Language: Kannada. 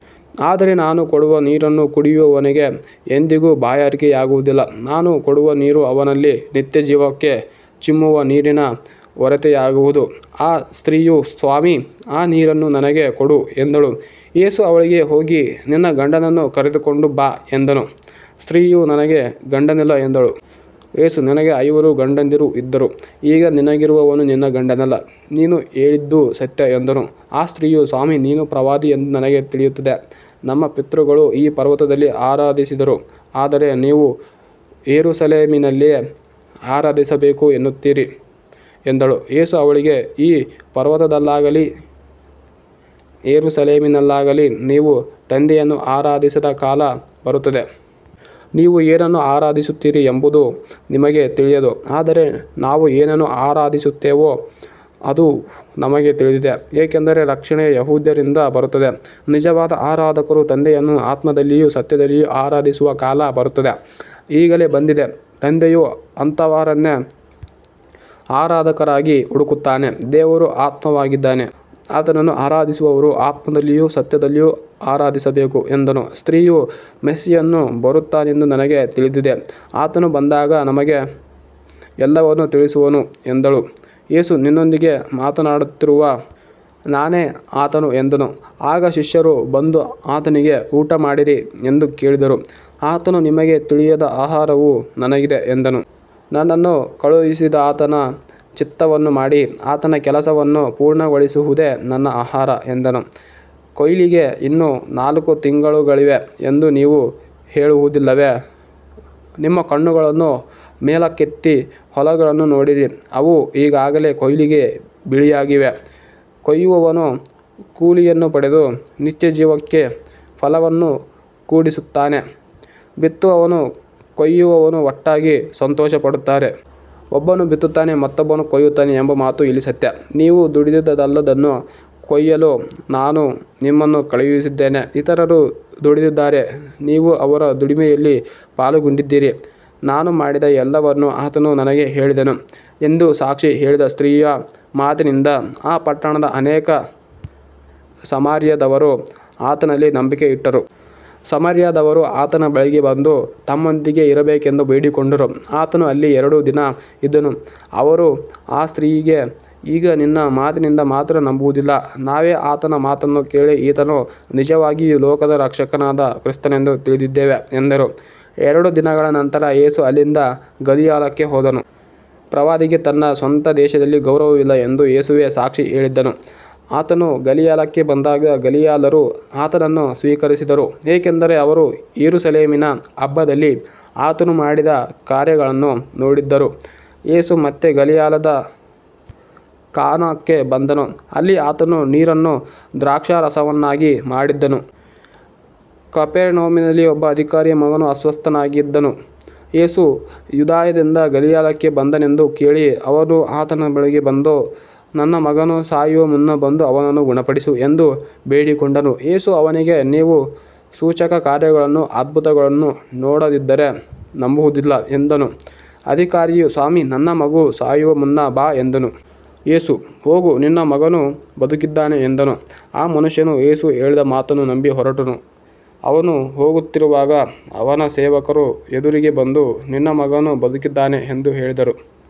ಆದರೆ ನಾನು ಕೊಡುವ ನೀರನ್ನು ಕುಡಿಯುವವನಿಗೆ ಎಂದಿಗೂ ಬಾಯಾರಿಕೆಯಾಗುವುದಿಲ್ಲ. ನಾನು ಕೊಡುವ ನೀರು ಅವನಲ್ಲಿ ನಿತ್ಯಜೀವಕ್ಕೆ ಚಿಮ್ಮುವ ನೀರಿನ ಒರತೆಯಾಗುವುದು. ಆ ಸ್ತ್ರೀಯು, ಸ್ವಾಮೀ, ಆ ನೀರನ್ನು ನನಗೆ ಕೊಡು ಎಂದಳು. ಯೇಸು ಅವಳಿಗೆ, ಹೋಗಿ ನಿನ್ನ ಗಂಡನನ್ನು ಕರೆದುಕೊಂಡು ಬಾ ಎಂದನು. ಸ್ತ್ರೀಯು, ನನಗೆ ಗಂಡನಿಲ್ಲ ಎಂದಳು. ಯೇಸು, ನಿನಗೆ ಐವರು ಗಂಡಂದಿರು ಇದ್ದರು, ಈಗ ನಿನಗಿರುವವನು ನಿನ್ನ ಗಂಡನಲ್ಲ. ನೀನು ಹೇಳಿದ್ದು ಸತ್ಯ ಎಂದನು. ಆ ಸ್ತ್ರೀಯು, ಸ್ವಾಮೀ, ನೀನು ಪ್ರವಾದಿ ಎಂದು ನನಗೆ ತಿಳಿಯುತ್ತದೆ. ನಮ್ಮ ಪಿತೃಗಳು ಈ ಪರ್ವತದಲ್ಲಿ ಆರಾಧಿಸಿದರು, ಆದರೆ ನೀವು ಯೆರೂಸಲೇಮಿನಲ್ಲೇ ಆರಾಧಿಸಬೇಕು ಎನ್ನುತ್ತೀರಿ ಎಂದಳು. ಯೇಸು ಅವಳಿಗೆ, ಈ ಪರ್ವತದಲ್ಲಾಗಲಿ ಯೆರೂಸಲೇಮಿನಲ್ಲಾಗಲಿ ನೀವು ತಂದೆಯನ್ನು ಆರಾಧಿಸದ ಕಾಲ ಬರುತ್ತದೆ. ನೀವು ಏನನ್ನು ಆರಾಧಿಸುತ್ತೀರಿ ಎಂಬುದು ನಿಮಗೆ ತಿಳಿಯದು, ಆದರೆ ನಾವು ಏನನ್ನು ಆರಾಧಿಸುತ್ತೇವೋ ಅದು ನಮಗೆ ತಿಳಿದಿದೆ, ಏಕೆಂದರೆ ರಕ್ಷಣೆ ಯೆಹೂದ್ಯರಿಂದ ಬರುತ್ತದೆ. ನಿಜವಾದ ಆರಾಧಕರು ತಂದೆಯನ್ನು ಆತ್ಮದಲ್ಲಿಯೂ ಸತ್ಯದಲ್ಲಿಯೂ ಆರಾಧಿಸುವ ಕಾಲ ಬರುತ್ತದೆ, ಈಗಲೇ ಬಂದಿದೆ. ತಂದೆಯು ಅಂತಹವರನ್ನೇ ಆರಾಧಕರಾಗಿ ಹುಡುಕುತ್ತಾನೆ. ದೇವರು ಆತ್ಮವಾಗಿದ್ದಾನೆ. ಆತನನ್ನು ಆರಾಧಿಸುವವರು ಆತ್ಮದಲ್ಲಿಯೂ ಸತ್ಯದಲ್ಲಿಯೂ ಆರಾಧಿಸಬೇಕು ಎಂದನು. ಸ್ತ್ರೀಯು, ಮೆಸ್ಸೀಯನು ಬರುತ್ತಾನೆಂದು ನನಗೆ ತಿಳಿದಿದೆ. ಆತನು ಬಂದಾಗ ನಮಗೆ ಎಲ್ಲವನ್ನೂ ತಿಳಿಸುವನು ಎಂದಳು. ಯೇಸು, ನಿನ್ನೊಂದಿಗೆ ಮಾತನಾಡುತ್ತಿರುವ ನಾನೇ ಆತನು ಎಂದನು. ಆಗ ಶಿಷ್ಯರು ಬಂದು ಆತನಿಗೆ ಊಟಮಾಡಿರಿ ಎಂದು ಕೇಳಿದರು. ಆತನು, ನಿಮಗೆ ತಿಳಿಯದ ಆಹಾರವು ನನಗಿದೆ ಎಂದನು. ನನ್ನನ್ನು ಕಳುಹಿಸಿದಾತನ ಚಿತ್ತವನ್ನು ಮಾಡಿ ಆತನ ಕೆಲಸವನ್ನು ಪೂರ್ಣಗೊಳಿಸುವುದೇ ನನ್ನ ಆಹಾರ ಎಂದನು. ಕೊಯ್ಲಿಗೆ ಇನ್ನೂ ನಾಲ್ಕು ತಿಂಗಳುಗಳಿವೆ ಎಂದು ನೀವು ಹೇಳುವುದಿಲ್ಲವೇ. ನಿಮ್ಮ ಕಣ್ಣುಗಳನ್ನು ಮೇಲಕ್ಕೆತ್ತಿ ಹೊಲಗಳನ್ನು ನೋಡಿರಿ. ಅವು ಈಗಾಗಲೇ ಕೊಯ್ಲಿಗೆ ಬಿಳಿಯಾಗಿವೆ. ಕೊಯ್ಯುವವನು ಕೂಲಿಯನ್ನು ಪಡೆದು ನಿತ್ಯಜೀವಕ್ಕೆ ಫಲವನ್ನು ಕೂಡಿಸುತ್ತಾನೆ. ಬಿತ್ತುವವನೂ ಕೊಯ್ಯುವವನೂ ಒಟ್ಟಾಗಿ ಸಂತೋಷಪಡುತ್ತಾರೆ. ಒಬ್ಬನು ಬಿತ್ತುತ್ತಾನೆ, ಮತ್ತೊಬ್ಬನು ಕೊಯ್ಯುತ್ತಾನೆ ಎಂಬ ಮಾತು ಇಲ್ಲಿ ಸತ್ಯ. ನೀವು ದುಡಿದದ್ದಲ್ಲದದ್ದನ್ನು ಕೊಯ್ಯಲು ನಾನು ನಿಮ್ಮನ್ನು ಕಳುಹಿಸಿದ್ದೇನೆ. ಇತರರು ದುಡಿದಿದ್ದಾರೆ, ನೀವು ಅವರ ದುಡಿಮೆಯಲ್ಲಿ ಪಾಲುಗೊಂಡಿದ್ದೀರಿ. ನಾನು ಮಾಡಿದ ಎಲ್ಲವನ್ನೂ ಆತನು ನನಗೆ ಹೇಳಿದನು ಎಂದು ಸಾಕ್ಷಿ ಹೇಳಿದ ಸ್ತ್ರೀಯ ಮಾತಿನಿಂದ ಆ ಪಟ್ಟಣದ ಅನೇಕ ಸಮಾರ್ಯದವರು ಆತನಲ್ಲಿ ನಂಬಿಕೆ ಇಟ್ಟರು. ಸಮಾರ್ಯದವರು ಆತನ ಬಳಿಗೆ ಬಂದು ತಮ್ಮೊಂದಿಗೆ ಇರಬೇಕೆಂದು ಬೇಡಿಕೊಂಡರು. ಆತನು ಅಲ್ಲಿ ಎರಡು ದಿನ ಇದ್ದನು. ಅವರು ಆ ಸ್ತ್ರೀಯಿಗೆ, ಈಗ ನಿನ್ನ ಮಾತಿನಿಂದ ಮಾತ್ರ ನಂಬುವುದಿಲ್ಲ. ನಾವೇ ಆತನ ಮಾತನ್ನು ಕೇಳಿ, ಈತನು ನಿಜವಾಗಿಯೂ ಲೋಕದ ರಕ್ಷಕನಾದ ಕ್ರಿಸ್ತನೆಂದು ತಿಳಿದಿದ್ದೇವೆ ಎಂದರು. ಎರಡು ದಿನಗಳ ನಂತರ ಯೇಸು ಅಲ್ಲಿಂದ ಗಲಿಲಾಯಕ್ಕೆ ಹೋದನು. ಪ್ರವಾದಿಗೆ ತನ್ನ ಸ್ವಂತ ದೇಶದಲ್ಲಿ ಗೌರವವಿಲ್ಲ ಎಂದು ಯೇಸುವೇ ಸಾಕ್ಷಿ ಹೇಳಿದ್ದನು. ಆತನು ಗಲಿಲಾಯಕ್ಕೆ ಬಂದಾಗ ಗಲಿಲಾಯರು ಆತನನ್ನು ಸ್ವೀಕರಿಸಿದರು, ಏಕೆಂದರೆ ಅವರು ಯೆರೂಸಲೇಮಿನ ಹಬ್ಬದಲ್ಲಿ ಆತನು ಮಾಡಿದ ಕಾರ್ಯಗಳನ್ನು ನೋಡಿದ್ದರು. ಯೇಸು ಮತ್ತೆ ಗಲಿಲಾಯದ ಕಾನಾಕ್ಕೆ ಬಂದನು. ಅಲ್ಲಿ ಆತನು ನೀರನ್ನು ದ್ರಾಕ್ಷಾರಸವನ್ನಾಗಿ ಮಾಡಿದ್ದನು. ಕಪೆರ್ನೌಮಿನಲ್ಲಿ ಒಬ್ಬ ಅಧಿಕಾರಿಯ ಮಗನು ಅಸ್ವಸ್ಥನಾಗಿದ್ದನು. ಯೇಸು ಯೂದಾಯದಿಂದ ಗಲಿಲಾಯಕ್ಕೆ ಬಂದನೆಂದು ಕೇಳಿ ಅವನು ಆತನ ಬಳಿಗೆ ಬಂದು, ನನ್ನ ಮಗನು ಸಾಯುವ ಮುನ್ನ ಬಂದು ಅವನನ್ನು ಗುಣಪಡಿಸು ಎಂದು ಬೇಡಿಕೊಂಡನು. ಯೇಸು ಅವನಿಗೆ, ನೀವು ಸೂಚಕಕಾರ್ಯಗಳನ್ನೂ ಅದ್ಭುತಗಳನ್ನೂ ನೋಡದಿದ್ದರೆ ನಂಬುವುದಿಲ್ಲ ಎಂದನು. ಅಧಿಕಾರಿಯು, ಸ್ವಾಮೀ, ನನ್ನ ಮಗು ಸಾಯುವ ಮುನ್ನ ಬಾ ಎಂದನು. ಯೇಸು, ಹೋಗು, ನಿನ್ನ ಮಗನು ಬದುಕಿದ್ದಾನೆ ಎಂದನು. ಆ ಮನುಷ್ಯನು ಯೇಸು ಹೇಳಿದ ಮಾತನ್ನು ನಂಬಿ ಹೊರಟನು. ಅವನು ಹೋಗುತ್ತಿರುವಾಗ ಅವನ ಸೇವಕರು ಎದುರಿಗೆ ಬಂದು, ನಿನ್ನ ಮಗನು ಬದುಕಿದ್ದಾನೆ ಎಂದು ಹೇಳಿದರು.